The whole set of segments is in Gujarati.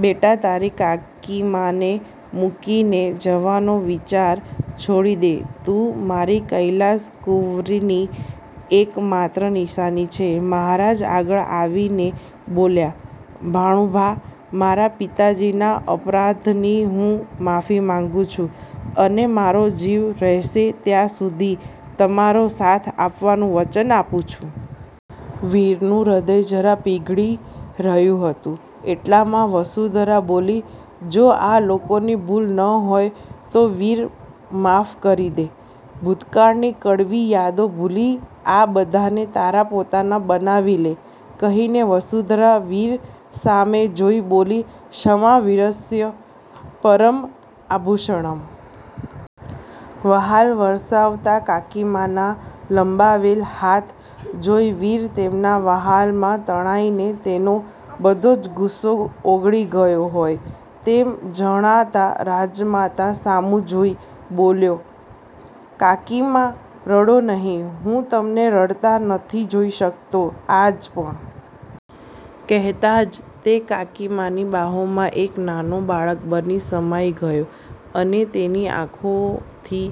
બેટા તારી કાકીમાને મૂકીને જવાનો વિચાર છોડી દે. તું મારી કૈલાસકુંવરિની એકમાત્ર નિશાની છે.." મહારાજ આગળ આવીને બોલ્યાં,"ભાણુભા મારાં પિતાજીના અપરાધની હું માફી માગુ છું. અને મારો જીવ રહેશે ત્યાં સુધી તમારો સાથ આપવાનું વચન આપું છું." વીરનું હ્નદય જરા પીગળી રહ્યુ હતું, એટલામાં વસુંધરા બોલી,"જો આ લોકોની ભૂલ ન હોય તો વીર માફ કરી દે, ભૂતકાળની કડવી યાદો ભૂલી આ બધાને તારા પોતાનાં બનાવી લે." કહીને વસુંધરા વીર સામે જોઈ બોલી,"ક્ષમા વિરસ્ય પરમ આભુષણમ." વહાલ વરસાવતા કાકીમાંના લંબાવેલ હાથ જોઈ વીર તેમનાં વ્હાલમાં તણાઈને તેનો બધો જ ગુસ્સો ઓગળી ગયો હોય તેમ જણાતાં રાજમાતા સામું જોઈ બોલ્યો,"કાકીમા રડો નહીં, હું તમને રડતાં નથી જોઈ શકતો આજ પણ. " કહેતાં જ તે કાકીમાની બાહોમાં એક નાનો બાળક બની સમાઈ ગયો અને તેની આંખોથી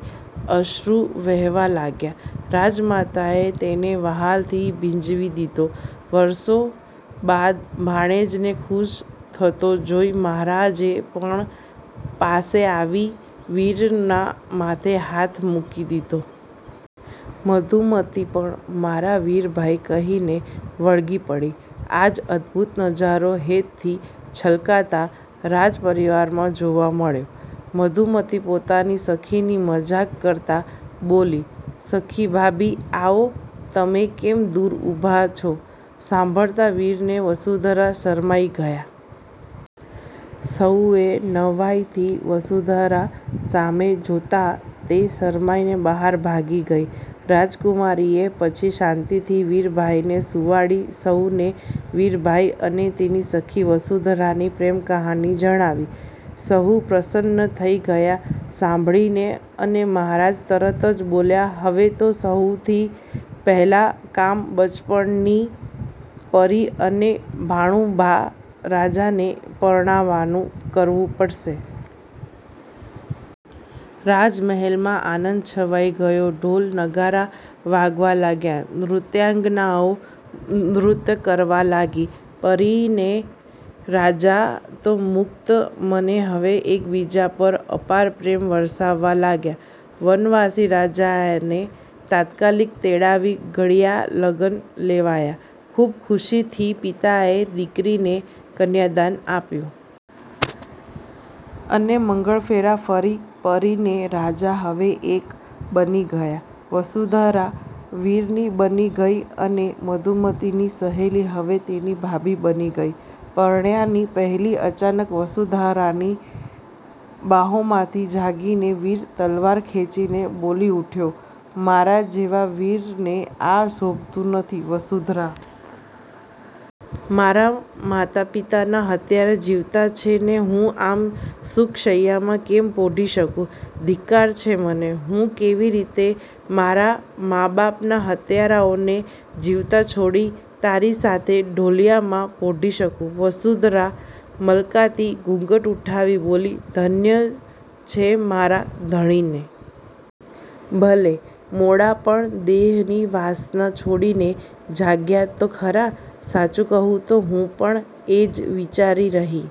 અશ્રૂ વહેવા લાગ્યાં. રાજમાતાએ તેને વ્હાલથી ભીંજવી દીધો. વરસો બાદ ભાણેજને ખુશ થતો જોઈ મહારાજે પણ પાસે આવી વીરનાં માથે હાથ મૂકી દીધો. મધુમતી પણ "મારાં વીર ભાઈ" કહીને વળગી પડી. આજ અદભુત નજારો હેતથી છલકતાં રાજ પરિવારમાં જોવા મળે. મધુમતી પોતાની સખીની મજાક કરતાં બોલી,"સખી ભાભી આવો તમે કેમ દુર ઊભાં છો." સાંભળતાં વીર ને વસુંધરા શરમાઈ ગયાં. સહુએ નવાઈથી વસુંધરા સામું જોતાં તે શરમાઈને બહાર ભાગી ગઈ. રાજકુમારીએ પછી શાંતિથી વીરભાઈને સુવાડી સહુને વીરભાઈ અને તેની સખી વસુંધરાની પ્રેમકહાની જણાવી. સહુ પ્રસન્ન થઈ ગયાં સાંભળીને અને મહારાજ તરત જ બોલ્યાં,"હવે તો સહુથી પહેલા કામ બચપણની પરી અને ભાણુભા રાજાને પરણવાનું કરવું પડશે." રાજ મહેલમાં આનંદ છવાઈ ગયો ઢોલ, નગારાં વાગવા લાગ્યાં. નૃત્યાંગનાઓ નૃત્ય કરવા લાગી. પરીને રાજા તો મુકત મને હવે એકબીજા પર અપાર પ્રેમ વરસવા લાગ્યાં. વનવાસી રાજાને તાત્કાલિક તેડાવી ઘડિયા લગ્ન લેવાયા. ખુબ ખુશીથી પિતાએ દીકરીને કન્યાદાન આપ્યું. અને મંગળફેરા ફરી પરીને રાજા હવે એક બની ગયાં. વસુંધરા વીરની બની ગઈ અને મધુમતીની સહેલી હવે તેની ભાભી બની ગઈ. પરણ્યાની પહેલી અચાનક વસુંધરાની બાંહોમાંથી જાગીને વીર તલવાર ખેંચીને બોલી ઉઠ્યો,"મારાં જેવાં વીરને આ શોભતું નથી વસુંધરા! મારાં માતા પિતાનાં હત્યારા જીવતાં છે ને હું આમ સુખ શૈયામાં કેમ પોઢી શકૂં? ધિક્કાર છે મને! હું કેવી રીતે મારાં મા બાપના હત્યારાઓને જીવતાં છોડી તારી સાથે ઢોલિયામાં પોઢી શકૂં?" વસુંધરા મલકાતી ઘૂંઘટ ઉઠાવી બોલી,"ધન્ય છે મારાં ધણીને! ભલે મોડા પણ દેહની વાસના છોડીને જાગ્યા તો ખરાં. સાચું કહું તો હું પણ એ જ વિચારી રહી